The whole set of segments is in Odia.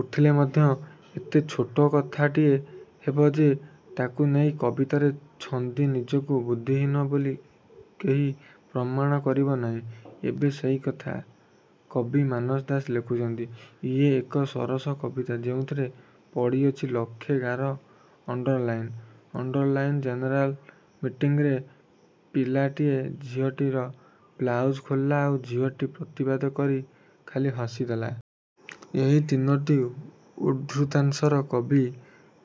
ଉଠିଲେ ମଧ୍ୟ ଏତେ ଛୋଟ କଥାଟିଏ ହେବ ଯେ ତା'କୁ ନେଇ କବିତାରେ ଛନ୍ଦି ନିଜକୁ ବୁଦ୍ଧିହୀନ ବୋଲି କେହି ପ୍ରମାଣ କରିବ ନାହିଁ। ଏବେ ସେଇ କଥା କବି ମାନସ ଦାସ ଲେଖୁଛନ୍ତି। ଇଏ ଏକ ସରସ କବିତା ଯେଉଁଥିରେ ପଡ଼ିଅଛି ଲକ୍ଷେ ଗାର underline underline general ମିଟିଂରେ ପିଲାଟିଏ ଝିଅଟିର ବ୍ଲାଉସ୍ ଖୋଲିଲା ଆଉ ଝିଅଟି ପ୍ରତିବାଦ କରି ଖାଲି ହସି ଦେଲା। ଏହି ତିନୋଟି ଉଦ୍ଧୃତାଂଶର କବି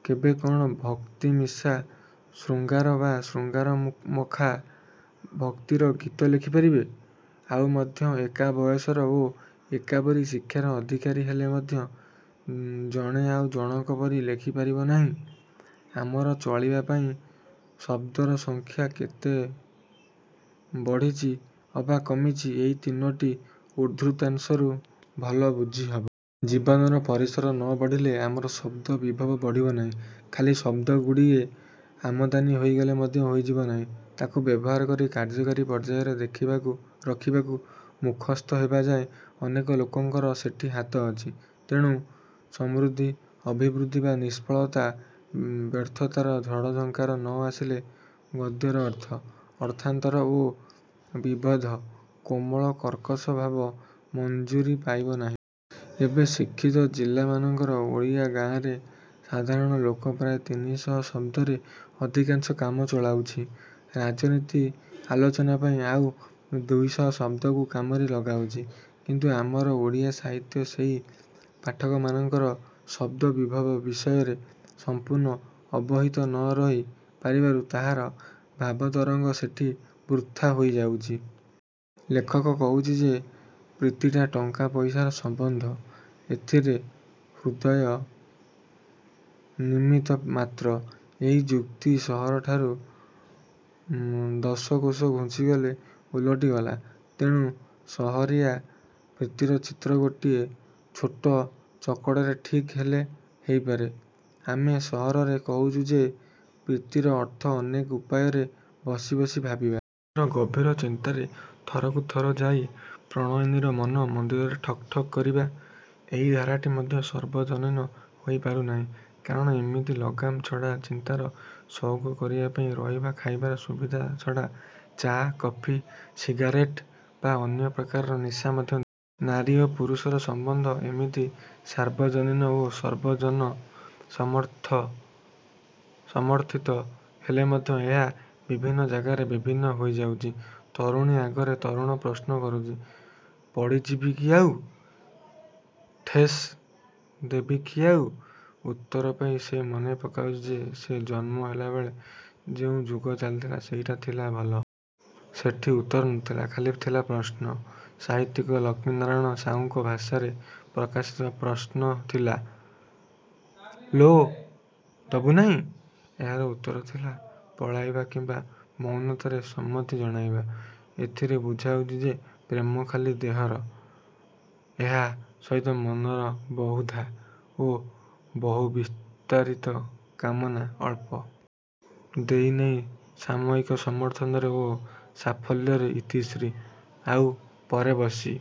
କେବେ କ'ଣ ଭକ୍ତିମିଶା ଶୃଙ୍ଗାର ବା ଶୃଙ୍ଗାରମଖା ଭକ୍ତିର ଗୀତ ଲେଖିପାରିବେ? ଆଉ ମଧ୍ୟ ଏକା ବୟସର ଓ ଏକାପରି ଶିକ୍ଷାର ଅଧିକାରୀ ହେଲେ ମଧ୍ୟ ଜଣେ ଆଉ ଜଣକ ପରି ଲେଖି ପାରିବ ନାହିଁ। ଆମର ଚଳିବାପାଇଁ ଶଦ୍ଦର ସଂଖ୍ୟା କେତେ ବଢ଼ିଛି ଅବା କମିଛି ଏହି ତିନୋଟି ଉଦ୍ଧୃତାଂଶରୁ ଭଲ ବୁଝିହବ। ଜୀବନର ପରିସର ନ ବଢ଼ିଲେ ଆମର ଶଦ୍ଦ ବିଭବ ବଢ଼ିବ ନାହିଁ। ଖାଲି ଶଦ୍ଦଗୁଡ଼ିଏ ଆମଦାନୀ ହେଇଗଲେ ମଧ୍ୟ ହେଇଯିବ ନାହିଁ। ତାକୁ ବ୍ୟବହାର କରି କାର୍ଯ୍ୟକାରୀ ପର୍ଯ୍ୟାୟରେ ରଖିବାକୁ ମୁଖସ୍ଥ ହେବା ଯାଏ ଅନେକ ଲୋକଙ୍କର ସେଠି ହାତ ଅଛି। ତେଣୁ। ସମୃଦ୍ଧି, ଅଭିବୃଦ୍ଧି ବା ନିଷ୍ଫଳତା ବ୍ୟର୍ଥତାର ଝଡ଼ ଝଙ୍କାର ନ ଆସିଲେ ଗଦ୍ୟର ଅର୍ଥ, ଅର୍ଥାନ୍ତର ଓ ବିବିଧ କୋମଳ କର୍କଶ ଭାବ ମଞ୍ଜୁରି ପାଇବ ନାହିଁ। ଏବେ ଶିକ୍ଷିତ ଜିଲାମାନଙ୍କର ଓଡ଼ିଆ ଗାଁରେ ସାଧାରଣ ଲୋକ ପ୍ରାୟ ତିନିଶହ ଶଦ୍ଦରେ ଅଧିକାଂଶ କାମ ଚଳାଉଛି। ରାଜନୀତିକ ଆଲୋଚନା ପାଇଁ ଆଉ ଦୁଇଶହ ଶଦ୍ଦକୁ କାମରେ ଲଗାଉଛି। କିନ୍ତୁ ଆମର ଓଡ଼ିଆ ସାହିତ୍ୟ ସେହି ପାଠକମାନଙ୍କର ଶଦ୍ଦବିଭବ ବିଷୟରେ ସଂପୂର୍ଣ୍ଣ ଅବହିତ ନ ରହି ପାରିବାରୁ ତାହାର ଭାବତରଙ୍ଗ ସେଠି ବୃଥା ହେଇଯାଉଛି। ଲେଖକ କହୁଛି ଯେ ପ୍ରୀତିଟା ଟଙ୍କା ପଇସାର ସମ୍ୱନ୍ଧ-ଏଥିରେ ହୃଦୟ ନିମିତ୍ତ ମାତ୍ର। ଏହି ଯୁକ୍ତି ସହରଠାରୁ ଦଶକୋଶ ଘୁଞ୍ଚିଗଲେ ଓଲଟି ଗଲା। ତେଣୁ ସହରିଆ ପ୍ରୀତିର ଚିତ୍ର ଗୋଟିଏ ଛୋଟ ଚକଡ଼ାରେ ଠିକ୍ ହେଲେ ହେଇପାରେ। ଆମେ ସହରରେ କହୁଛୁ ଯେ ପ୍ରୀତିର ଅର୍ଥ ଅନେକ ଉପାୟରେ ବସି ବସି ଭାବିବା। ନିଜର ଗଭୀର ଚିନ୍ତାରେ ଥରକୁ ଥର ଯାଇ ପ୍ରଣୟିନୀର ମନ ମନ୍ଦିରରେ ଠକ୍ ଠକ୍ କରିବା। ଏହି ଧାରାଟି ମଧ୍ୟ ସାର୍ବଜନୀନ ହୋଇ ପାରୁନାହିଁ। କାରଣ ଏମିତି ଲଗାମ ଛଡ଼ା ଚିନ୍ତାର ସଉକ କରିବା ପାଇଁ ରହିବା ଖାଇବାର ସୁବିଧା ଛଡ଼ା ଚା'କଫି ସିଗାରେଟ୍ ବା ଅନ୍ୟ ପ୍ରକାରର ନିଶା ମଧ୍ୟ ଦରକାର। ନାରୀ ଓ ପୁରୁଷର ସମ୍ୱନ୍ଧ ଏମିତି ସାର୍ବଜନୀନ ଓ ସର୍ବଜନ ସମର୍ଥିତ ହେଲେ ମଧ୍ୟ ଏହା ବିଭିନ୍ନ ଯାଗାରେ ବିଭିନ୍ନ ହୋଇଯାଉଛି। ତରୁଣୀ ଆଗରେ ତରୁଣ ପ୍ରଶ୍ନ କରୁଛି। ପଡ଼ି ଯିବି କି ଆଉ? ଠେସ ଦେବି କି ଆଉ? ଉତ୍ତର ପାଇ ସେ ମନେ ପକାଉଛି ଯେ ସେ ଜନ୍ମ ହେଲାବେଳେ ଯେଉଁ ଯୁଗ ଚାଲିଥିଲା ସେଇଟା ଥିଲା ଭଲ। ସେଠି ଉତ୍ତର ନଥିଲା-ଖାଲି ଥିଲା ପ୍ରଶ୍ନ। ସାହିତ୍ୟିକ ଲକ୍ଷ୍ମୀନାରାୟଣ ସାହୁଙ୍କ ଭାଷାରେ ପ୍ରକାଶିତ ପ୍ରଶ୍ନ ଥିଲା? ଆଲୋ, ଦବୁ ନାହିଁ? ଏହାର ଉତ୍ତର ଥିଲା ପଳାଇବା କିମ୍ୱା ମୌନତାରେ ସମ୍ମତି ଜଣାଇବା। ଏଥିରେ ବୁଝାଉଛି ଯେ ପ୍ରେମ ଖାଲି ଦେହର। ଏହା ସହିତ ମନର ବହୁଧା ଓ ବହୁବିସ୍ତାରିତ କାମନା ଅଳ୍ପ। ଦେଇ ନେଇ ସାମୟିକ ସମର୍ଥନରେ ଓ ସାଫଲ୍ୟରେ ଇତିଶ୍ରୀ। ଆଉ ପରେ ବସି